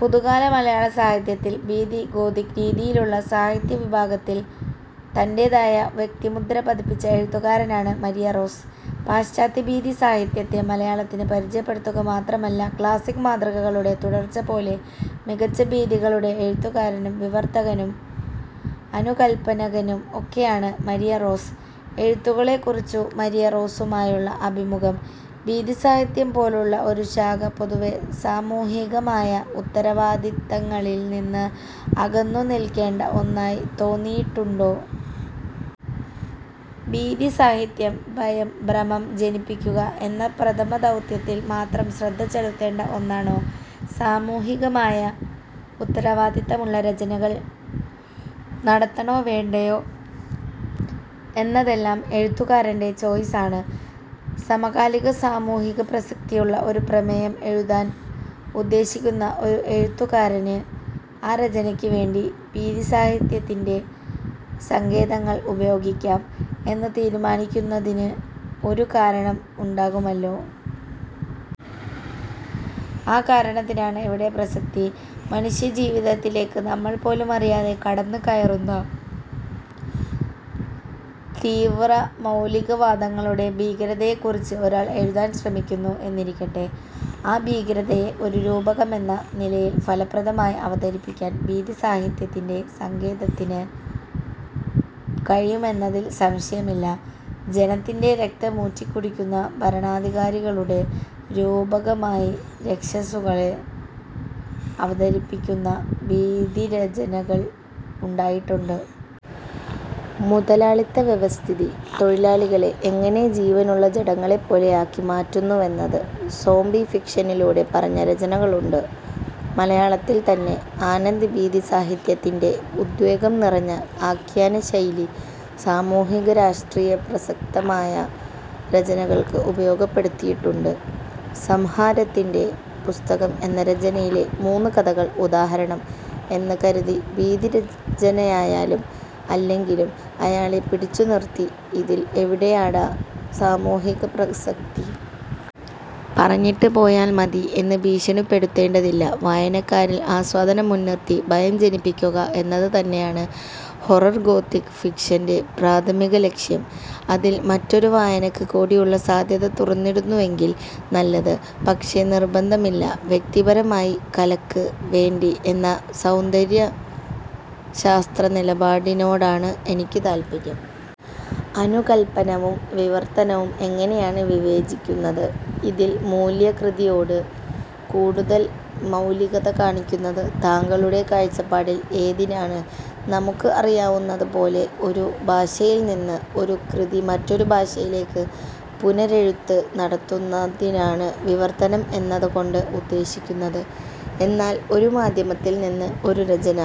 പുതുകാല മലയാളസാഹിത്യത്തിൽ ഭീതി, ഗോഥിക് രീതിയിലുള്ള സാഹിത്യവിഭാഗത്തിൽ തൻ്റേതായ വ്യക്തിമുദ്ര പതിപ്പിച്ച എഴുത്തുകാരനാണ് മരിയ റോസ്. പാശ്ചാത്യഭീതിസാഹിത്യത്തെ മലയാളത്തിന് പരിചയപ്പെടുത്തുക മാത്രമല്ല, ക്ളാസിക്ക് മാതൃകകളുടെ തുടർച്ച പോലെ മികച്ച ഭീതികളുടെ എഴുത്തുകാരനും വിവർത്തകനും അനുകൽപനകനും ഒക്കെയാണ് മരിയ റോസ്. എഴുത്തുകളെക്കുറിച്ച് മരിയ റോസുമായുള്ള അഭിമുഖം. ഭീതിസാഹിത്യം പോലുള്ള ഒരു ശാഖ പൊതുവേ സാമൂഹികമായ ഉത്തരവാദിത്തങ്ങളിൽ നിന്ന് അകന്നുനിൽക്കേണ്ട ഒന്നായി തോന്നിയിട്ടുണ്ടോ? ഭീതിസാഹിത്യം, ഭയം, ഭ്രമം ജനിപ്പിക്കുക എന്ന പ്രഥമദൗത്യത്തിൽ മാത്രം ശ്രദ്ധ ചെലുത്തേണ്ട ഒന്നാണോ? സാമൂഹികമായ ഉത്തരവാദിത്തമുള്ള രചനകൾ നടത്തണോ വേണ്ടയോ എന്നതെല്ലാം എഴുത്തുകാരൻ്റെ ചോയ്സ് ആണ്. സമകാലിക സാമൂഹികപ്രസക്തിയുള്ള ഒരു പ്രമേയം എഴുതാൻ ഉദ്ദേശിക്കുന്ന ഒരു എഴുത്തുകാരന് ആ രചനയ്ക്ക് വേണ്ടി ഭീതിസാഹിത്യത്തിൻ്റെ സങ്കേതങ്ങൾ ഉപയോഗിക്കാം എന്ന് തീരുമാനിക്കുന്നതിന് ഒരു കാരണം ഉണ്ടാകുമല്ലോ. ആ കാരണത്തിനാണ് ഇവിടെ പ്രസക്തി. മനുഷ്യജീവിതത്തിലേക്ക് നമ്മൾ പോലുമറിയാതെ കടന്ന് കയറുന്ന തീവ്ര മൗലികവാദങ്ങളുടെ ഭീകരതയെക്കുറിച്ച് ഒരാൾ എഴുതാൻ ശ്രമിക്കുന്നു എന്നിരിക്കട്ടെ. ആ ഭീകരതയെ ഒരു രൂപകമെന്ന നിലയിൽ ഫലപ്രദമായി അവതരിപ്പിക്കാൻ ഭീതിസാഹിത്യത്തിൻ്റെ സങ്കേതത്തിന് കഴിയുമെന്നതിൽ സംശയമില്ല. ജനത്തിൻ്റെ രക്തമൂറ്റിക്കുടിക്കുന്ന ഭരണാധികാരികളുടെ രൂപകമായി രക്ഷസുകളെ അവതരിപ്പിക്കുന്ന ഭീതിരചനകൾ ഉണ്ടായിട്ടുണ്ട്. മുതലാളിത്ത വ്യവസ്ഥിതി തൊഴിലാളികളെ എങ്ങനെ ജീവനുള്ള ജഡങ്ങളെപ്പോലെയാക്കി മാറ്റുന്നുവെന്നത് സോംബി ഫിക്ഷനിലൂടെ പറഞ്ഞ രചനകളുണ്ട്. മലയാളത്തിൽ തന്നെ ആനന്ദ് ഭീതിസാഹിത്യത്തിൻ്റെ ഉദ്വേഗം നിറഞ്ഞ ആഖ്യാനശൈലി സാമൂഹിക-രാഷ്ട്രീയ-പ്രസക്തമായ രചനകൾക്ക് ഉപയോഗപ്പെടുത്തിയിട്ടുണ്ട്. സംഹാരത്തിൻ്റെ പുസ്തകം എന്ന രചനയിലെ മൂന്ന് കഥകൾ ഉദാഹരണം. എന്ന് കരുതി ഭീതിരചനയായാലും അല്ലെങ്കിലും അയാളെ പിടിച്ചുനിർത്തി 'ഇതിൽ എവിടെയാടാ സാമൂഹികപ്രസക്തി? പറഞ്ഞിട്ട് പോയാൽ മതി' എന്ന് ഭീഷണിപ്പെടുത്തേണ്ടതില്ല. വായനക്കാരിൽ ആസ്വാദനം മുൻനിർത്തി ഭയം ജനിപ്പിക്കുക എന്നത് തന്നെയാണ് ഹൊറർ ഗോഥിക് ഫിക്ഷൻ്റെ പ്രാഥമികലക്ഷ്യം. അതിൽ മറ്റൊരു വായനക്ക് കൂടിയുള്ള സാധ്യത തുറന്നിടുന്നുവെങ്കിൽ നല്ലത്. പക്ഷെ നിർബന്ധമില്ല. വ്യക്തിപരമായി കലക്ക് വേണ്ടി എന്ന സൗന്ദര്യ ശാസ്ത്രനിലപാടിനോടാണ് എനിക്ക് താൽപര്യം. അനുകൽപനവും വിവർത്തനവും എങ്ങനെയാണ് വിവേചിക്കുന്നത്? ഇതിൽ മൂലകൃതിയോട് കൂടുതൽ മൗലികത കാണിക്കുന്നത് താങ്കളുടെ കാഴ്ചപ്പാടിൽ ഏതിനാണ്? നമുക്ക് അറിയാവുന്നത് പോലെ ഒരു ഭാഷയിൽ നിന്ന് ഒരു കൃതി മറ്റൊരു ഭാഷയിലേക്ക് പുനരെഴുത്ത് നടത്തുന്നതിനാണ് വിവർത്തനം എന്നത് കൊണ്ട് ഉദ്ദേശിക്കുന്നത്. എന്നാൽ ഒരു മാധ്യമത്തിൽ നിന്ന് ഒരു രചന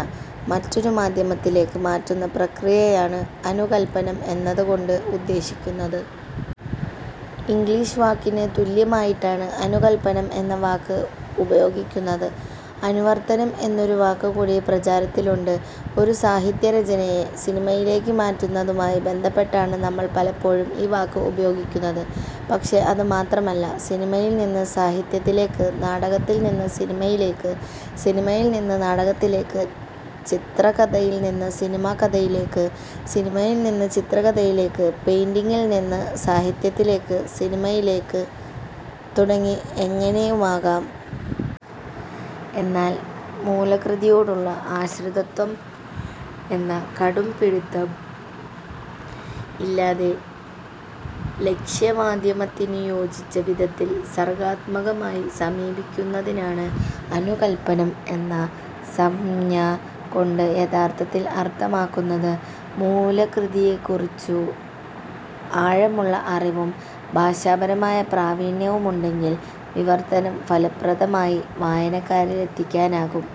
മറ്റൊരു മാധ്യമത്തിലേക്ക് മാറ്റുന്ന പ്രക്രിയയാണ് അനുകൽപനം എന്നത് കൊണ്ട് ഉദ്ദേശിക്കുന്നത്. ഇംഗ്ലീഷ് വാക്കിന് തുല്യമായിട്ടാണ് അനുകൽപനം എന്ന വാക്ക് ഉപയോഗിക്കുന്നത്. അനുവർത്തനം എന്നൊരു വാക്ക് കൂടി പ്രചാരത്തിലുണ്ട്. ഒരു സാഹിത്യരചനയെ സിനിമയിലേക്ക് മാറ്റുന്നതുമായി ബന്ധപ്പെട്ടാണ് നമ്മൾ പലപ്പോഴും ഈ വാക്ക് ഉപയോഗിക്കുന്നത്. പക്ഷെ അത് മാത്രമല്ല സിനിമയിൽ നിന്ന് സാഹിത്യത്തിലേക്ക്, നാടകത്തിൽ നിന്ന് സിനിമയിലേക്ക്, സിനിമയിൽ നിന്ന് നാടകത്തിലേക്ക് ചിത്രകഥയിൽ നിന്ന് സിനിമ കഥയിലേക്ക്, സിനിമയിൽ നിന്ന് ചിത്രകഥയിലേക്ക്, പെയിൻ്റിങിൽ നിന്ന് സാഹിത്യത്തിലേക്ക്, സിനിമയിലേക്ക് തുടങ്ങി എങ്ങനെയുമാകാം. എന്നാൽ മൂലകൃതിയോടുള്ള ആശ്രിതത്വം എന്ന കടുംപിടിത്തം ഇല്ലാതെ ലക്ഷ്യമാധ്യമത്തിനു യോജിച്ച വിധത്തിൽ സർഗാത്മകമായി സമീപിക്കുന്നതിനാണ് അനുകൽപനം എന്ന സംജ്ഞ കൊണ്ട് യഥാർത്ഥത്തിൽ അർത്ഥമാക്കുന്നത്. മൂലകൃതിയെക്കുറിച്ച് ആഴമുള്ള അറിവും ഭാഷാപരമായ പ്രാവീണ്യവുമുണ്ടെങ്കിൽ വിവർത്തനം ഫലപ്രദമായി വായനക്കാരിലെത്തിക്കാനാകും.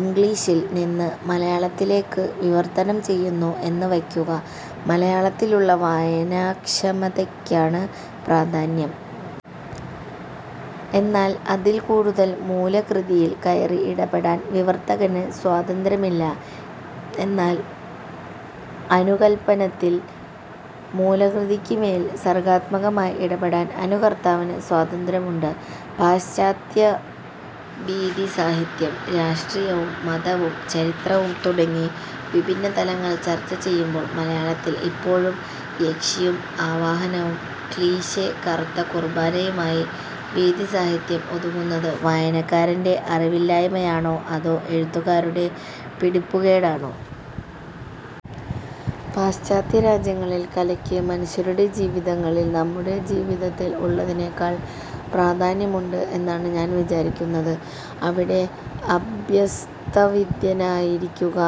ഇംഗ്ലീഷിൽ നിന്ന് മലയാളത്തിലേക്ക് വിവർത്തനം ചെയ്യുന്നു എന്ന് വയ്ക്കുക. മലയാളത്തിലുള്ള വായനാക്ഷമതയ്ക്കാണ് പ്രാധാന്യം. എന്നാൽ അതിൽ കൂടുതൽ മൂലകൃതിയിൽ കയറി ഇടപെടാൻ വിവർത്തകന് സ്വാതന്ത്യമില്ല. എന്നാൽ അനുകൽപനത്തിൽ മൂലകൃതിയ്ക്ക് മേൽ സർഗാത്മകമായി ഇടപെടാൻ അനുകർത്താവിന് സ്വാതന്ത്ര്യമുണ്ട്. പാശ്ചാത്യ ഭീതിസാഹിത്യം രാഷ്ട്രീയവും മതവും ചരിത്രവും തുടങ്ങീ വിഭിന്നതലങ്ങൾ ചർച്ച ചെയ്യുമ്പോൾ മലയാളത്തിൽ ഇപ്പോഴും യക്ഷിയും ആവാഹനവും ക്ളീഷേ കറുത്ത കുർബാനയുമായി ഭീതിസാഹിത്യം ഒതുങ്ങുന്നത് വായനക്കാരൻ്റെ അറിവില്ലായ്മയാണോ അതോ എഴുത്തുകാരുടെ പിടിപ്പുകേടാണോ? പാശ്ചാത്യരാജ്യങ്ങളിൽ കലയ്ക്ക് മനുഷ്യരുടെ ജീവിതങ്ങളിൽ നമ്മുടെ ജീവിതത്തിൽ ഉള്ളതിനേക്കാൾ പ്രാധാന്യമുണ്ട് എന്നാണ് ഞാൻ വിചാരിക്കുന്നത്. അവിടെ അഭ്യസ്തവിദ്യനായിരിക്കുക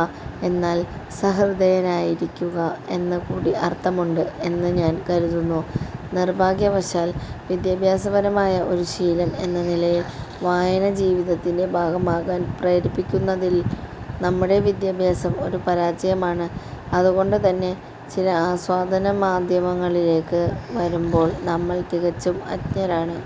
എന്നാൽ സഹൃദയനായിരിക്കുക എന്ന് കൂടി അർത്ഥമുണ്ട് എന്ന് ഞാൻ കരുതുന്നു. നിർഭാഗ്യവശാൽ വിദ്യാഭ്യാസപരമായ ഒരു ശീലം എന്ന നിലയിൽ വായന ജീവിതത്തിൻ്റെ ഭാഗമാക്കാൻ പ്രേരിപ്പിക്കുന്നതിൽ നമ്മുടെ വിദ്യാഭ്യാസം ഒരു പരാജയമാണ്. അത് കൊണ്ട് തന്നെ ചില ആസ്വാദനമാധ്യമങ്ങളിലേക്ക് വരുമ്പോൾ നമ്മൾ തികച്ചും അജ്ഞരാണ്.